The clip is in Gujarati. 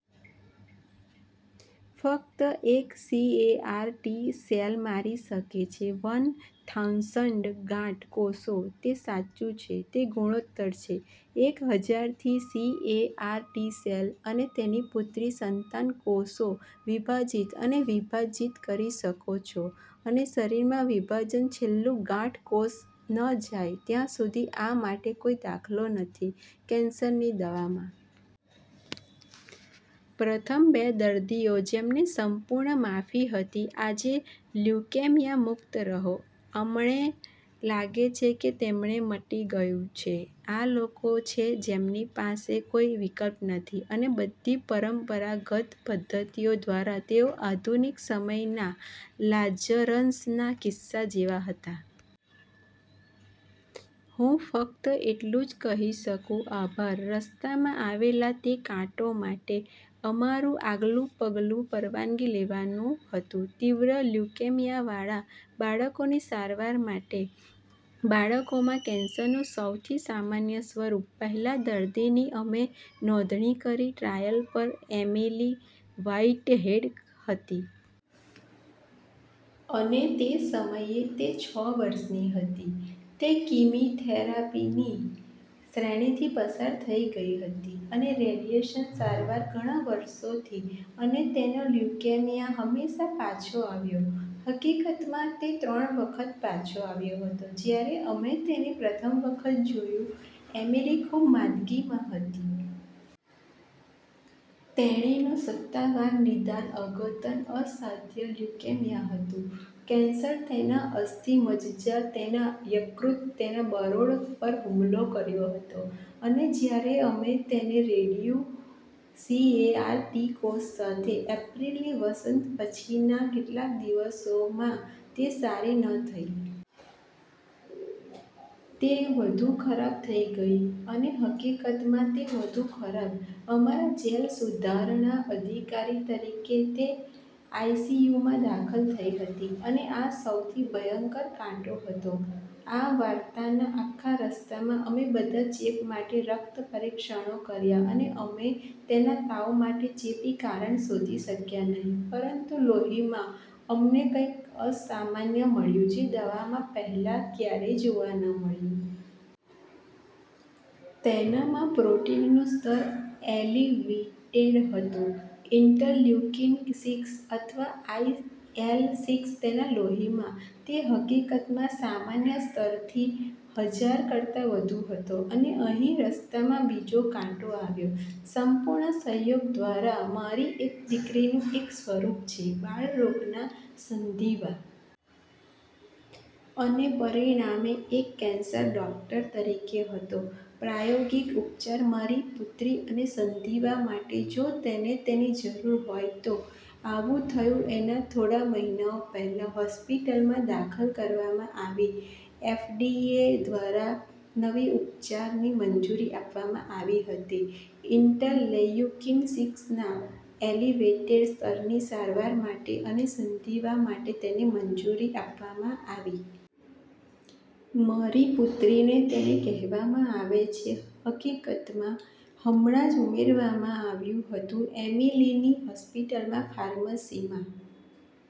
ફક્ત એક સીએઆર ટી સેલ મારી શકે છે વન થૉઉસન્ડ ગાંઠ કોષો. તે સાચું છે. તે ગુણોત્તર છે એક હજાર થી. સીએઆર ટી સેલ અને તેની પુત્રી સંતાન કોષો વિભાજીત અને વિભાજિત કરી શકો છો અને શરીરમાં વિભાજન છેલ્લું ગાંઠ કોષ ન જાય ત્યાં સુધી આ માટે કોઈ દાખલો નથી કેન્સરની દવામાં. પ્રથમ બે દર્દીઓ જેમને સંપૂર્ણ માફી હતી આજે લ્યુકેમિયા મુક્ત રહો. અમણે લાગે છે કે તેમણે મટી ગયું છે. આ લોકો છે જેમની પાસે કોઈ વિકલ્પ નથી અને બધી પરંપરાગત પદ્ધતિઓ દ્વારા તેઓ આધુનિક સમયના લાજરસના કિસ્સા જેવા હતા. હું ફક્ત એટલું જ કહી શકું, "આભાર રસ્તામાં આવેલા તે કાંટો માટે". અમારું આગલું પગલું પરવાનગી લેવાનું હતું તીવ્ર લ્યુકેમિયાવાળા બાળકોની સારવાર માટે, બાળકોમાં કેન્સરનું સૌથી સામાન્ય સ્વરૂપ. પહેલા દર્દીની અમે નોંધણી કરી ટ્રાયલ પર એમિલી વ્હાઇટહેડ હતી. અને તે સમયે તે છ વર્ષની હતી. તે કીમીથેરાપીની શ્રેણીથી પસાર થઈ ગઈ હતી અને રેડિયેશન સારવાર ઘણા વર્ષોથી અને તેનો લ્યુકેમિયા હંમેશાં પાછો આવ્યો. હકીકતમાં તે ત્રણ વખત પાછો આવ્યો હતો. જ્યારે અમે તેને પ્રથમ વખત જોયું, એમિલી ખૂબ માંદગીમાં હતી. તેણીનું સત્તાવાર નિદાન અદ્યતન અસાધ્ય લ્યુકેમિયા હતું. કેન્સર તેના અસ્થિ મજ્જા, તેના યકૃત, તેના બરોળ પર હુમલો કર્યો હતો અને જ્યારે અમે તેને રેડ્યું સીએઆર ટી કોષો સાથે એપ્રિલની વસંત પછીના કેટલાક દિવસોમાં તે સારી ન થઈ. તે વધુ ખરાબ થઈ ગઈ અને હકીકતમાં, તે વધુ ખરાબ. અમારા જેલ સુધારણા અધિકારી તરીકે તે આઈસીયુમાં દાખલ થઈ હતી અને આ સૌથી ભયંકર કાંટો હતો આ વાર્તાના આખા રસ્તામાં. અમે બધા ચેપ માટે રક્ત પરીક્ષણો કર્યા અને અમે તેના તાવ માટે ચેપી કારણ શોધી શક્યા નહીં પરંતુ લોહીમાં અમને કંઈક અસામાન્ય મળ્યું જે દવામાં પહેલાં ક્યારેય જોવા ન મળ્યું. તેનામાં પ્રોટીનનું સ્તર એલિવેટેડ હતું. ઇન્ટરલ્યુકિન સિક્સ, અથવા આઇએલ સિક્સ તેના લોહીમાં. તે હકીકતમાં સામાન્ય સ્તરથી હજાર કરતા વધુ હતો અને અહી રસ્તામાં બીજો કાંટો આવ્યો. સંપૂર્ણ સંયોગ દ્વારા મારી એક દીકરીનું એક સ્વરૂપ છે બાળરોગના સંધિવા. અને પરિણામે એક કેન્સર ડૉક્ટર તરીકે હતો પ્રાયોગિક ઉપચાર મારી પુત્રી અને સંધિવા માટે જો તેને તેની જરૂર હોય તો. આવું થયું એના થોડા મહિનાઓ પહેલાં હોસ્પિટલમાં દાખલ કરવામાં આવી એફડીએ દ્વારા નવી ઉપચારની મંજૂરી આપવામાં આવી હતી ઇન્ટરલેયુકિન સિક્સ ના એલિવેટેડ સ્તરની સારવાર માટે અને સંધિવા માટે તેને મંજૂરી આપવામાં આવી. મારી પુત્રી ને તેને કહેવામાં આવે છે. હકીકતમાં, હમણાં જ ઉમેરવામાં આવ્યું હતું એમિલીની હોસ્પિટલમાં ફાર્મસીમાં.